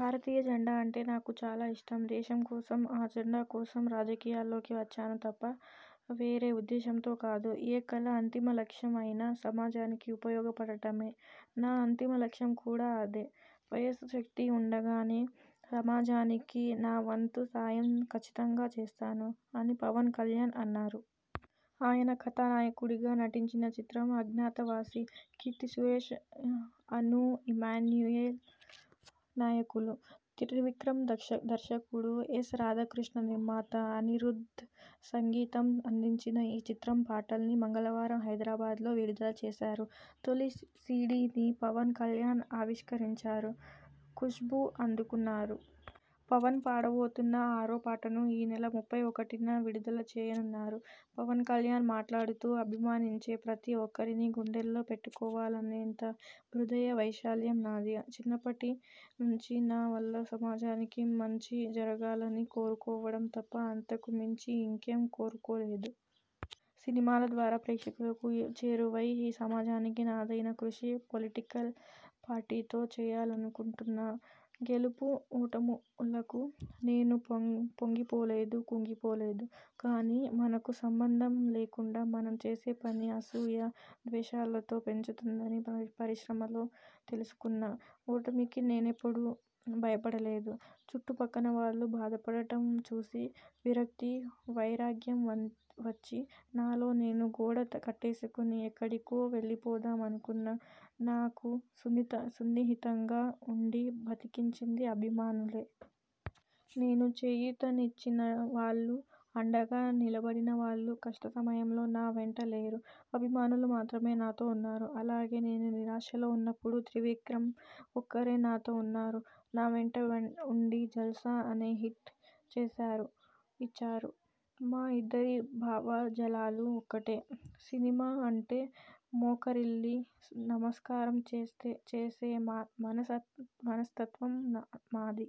భారతీయ జెండా అంటే నాకు చాలా ఇష్టం. దేశం కోసం, ఆ జెండా కోసం రాజకీయాల్లోకి వచ్చాను తప్ప వేరే ఉద్దేశంతో కాదు. ఏ కళ అంతిమ లక్ష్యం అయినా సమాజానికి ఉపయోగపడటమే. నా అంతిమ లక్ష్యం కూడా అదే. వయసు, శక్తి ఉండగానే సమాజానికి నావంతు సాయం కచ్చితంగా చేస్తాను'' అని పవన్ కల్యాణ్ అన్నారు. ఆయన కథానాయకుడిగా నటించిన చిత్రం 'అజ్ఞాతవాసి'. కీర్తి సురేశ్, అనూ ఇమాన్యుయేల్ నాయికలు. త్రివిక్రమ్ దర్శకుడు. ఎస్. రాథాకృష్ణ నిర్మాత. అనిరుధ్ధ్ సంగీతం అందించిన ఈ చిత్రం పాటల్ని మంగళవారం హైదరాబాద్ లో విడుదల చేశారు. తొలి సీడీని పవన్ కల్యాణ్ ఆవిష్కరించారు. కుష్భు అందుకున్నారు. పవన్ పాడబోతున్న ఆరో పాటను ఈ నెల ముప్పై ఒకటిన విడుదల చెయ్యనున్నారు. పవన్ కల్యాణ్ మాట్లాడుతూ ''అభిమానించే ప్రతి ఒక్కరినీ గుండెల్లో పెట్టుకోవాలనేంత హృదయ వైశాల్యం నాది. చిన్నప్పటి నుంచీ నా వల్ల సమాజానికి మంచి జరగాలని కోరుకోవడం తప్ప అంతకు మించి ఇంకేం కోరుకోలేదు. సినిమాల ద్వారా ప్రేక్షకులకు చేరువై ఈ సమాజానికి నాదైన కృషి పొలిటికల్ పార్టీతో చెయ్యాలనుకుంటున్నా. గెలుపు, ఓటములకు నేను పొంగిపోలేదు కుంగిపోలేదు. కానీ మనకు సంబంధం లేకుండా మనం చేసే పని అసూయ, ద్వేషాలను పెంచుతుందని పరిశ్రమలో తెలుసుకున్నా. ఓటమికి నేనెప్పుడూ భయపడలేదు. చుట్టు పక్కన వాళ్లు బాధపడటం చూసి విరక్తి, వైరాగ్యం వచ్చి నాలో నేను గోడ కట్టేసుకుని ఎక్కడికో వెళ్లిపోదామనుకున్న నాకు సన్నిహితంగా ఉండి బతికించింది అభిమానులే. నేను చేయుతనిచ్చినవాళ్లు, అండగా నిలబడినవాళ్లు కష్ట సమయంలో నా వెంట లేరు. అభిమానులు మాత్రమే నాతో ఉన్నారు. అలాగే నేను నిరాశలో ఉన్నప్పుడు త్రివిక్రమ్ ఒక్కరే నాతో ఉన్నారు. నా వెంట ఉండి 'జల్సా' అనే హిట్ ఇచ్చారు. మా ఇద్దరి భావజాలాలు ఒక్కటే. సినిమా అంటే మోకరిల్లి నమస్కారం చేసే మనస్తత్వం మాది.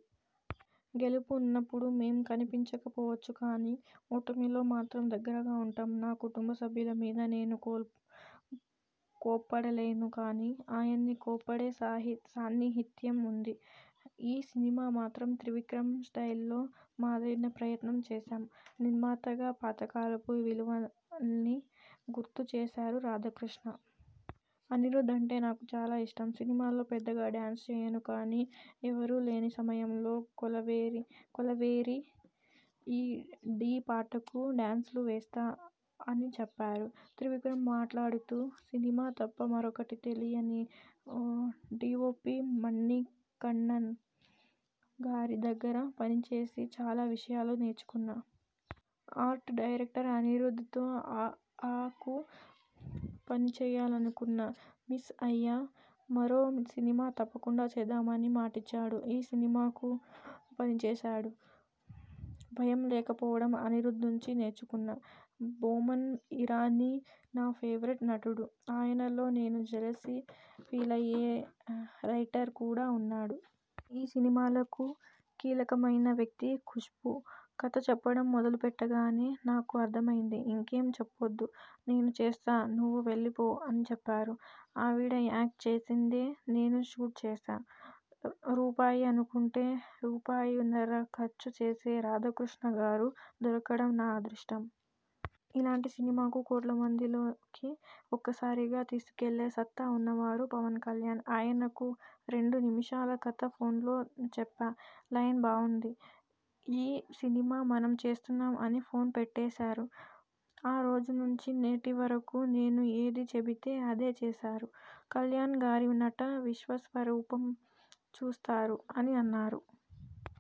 గెలుపు ఉన్నప్పుడు మేం కనిపించకపోవచ్చు కానీ ఓటమిలో మాత్రం దగ్గరగా ఉంటాం. నా కుటుంబ సభ్యుల మీద నేను కోప్పడలేను కానీ ఆయన్ని కోప్పడే సాన్నిహిత్యం ఉంది. ఈ సినిమా మాత్రం త్రివిక్రమ్ స్టైల్ లో మాదైన ప్రయత్నం చేశాం. నిర్మాతగా పాతకాలపు విలువల్ని గుర్తు చేశారు రాధాకృష్ణ. అనిరుధ్ అంటే నాకు చాలా ఇష్టం. సినిమాల్లో పెద్దగా డాన్స్ చెయ్యను కానీ ఎవరూలేని సమయంలో కొలవెరీ డీ పాటకు డాన్స్లు వేస్తా'' అని చెప్పారు. త్రివిక్రమ్ మాట్లాడుతూ ''సినిమా తప్ప మరొకటి తెలియని డిఓపి మణికణ్ణన్ గారి దగ్గర పని చేసి చాలా విషయాలు నేర్చుకున్నా. ఆర్ట్ డైరెక్టర్ అనిరుధ్థ్ తో 'అఆ'కు పనిచెయ్యాలనుకున్నా. మిస్ అయ్యా. మరో సినిమా తప్పకుండా చేద్దామని మాటిచ్చాడు. ఈ సినిమాకు పనిచేశాడు. భయం లేకపోవడం అనిరుధ్ నుంచీ నేర్చుకున్నా. బోమన్ ఇరానీ నా ఫేవరెట్ నటుడు. ఆయనలో నేను జెలసీ ఫీలయ్యే రైటర్ కూడా ఉన్నాడు. ఈ సినిమాకు కీలకమైన వ్యక్తి కుష్భూ. కథ చెప్పడం మొదలుపెట్టగానే 'నాకు అర్ధమైంది.. ఇంకేం చెప్నొద్దు. నేను చేస్తా నువ్వు వెళ్లిపో' అని చెప్పారు. ఆవిడ యాక్ట్ చేసిందే నేను షూట్ చేశా. రూపాయి అనుకుంటే రూపాయున్నర ఖర్చు చేసే రాధాకృష్ణగారు దొరకడం నా అదృష్టం. ఇలాంటి సినిమాను కోట్ల మందిలోకి ఒక్కసారిగా తీసుకెళ్లే సత్తా ఉన్నవారు పవన్ కల్యాణ్. ఆయనకు రెండు నిమిషాల కథ ఫోన్ లో చెప్పా. లైన్ బావుంది. ఈ సినిమా మనం చేస్తున్నాం అని ఫోన్ పెట్టేశారు. ఆరోజు నుంచీ నేటి వరకూ నేను ఏది చెబితే అదే చేశారు. కల్యాణ్ గారి నట విశ్వస్వరూపం చూస్తారు'' అని అన్నారు.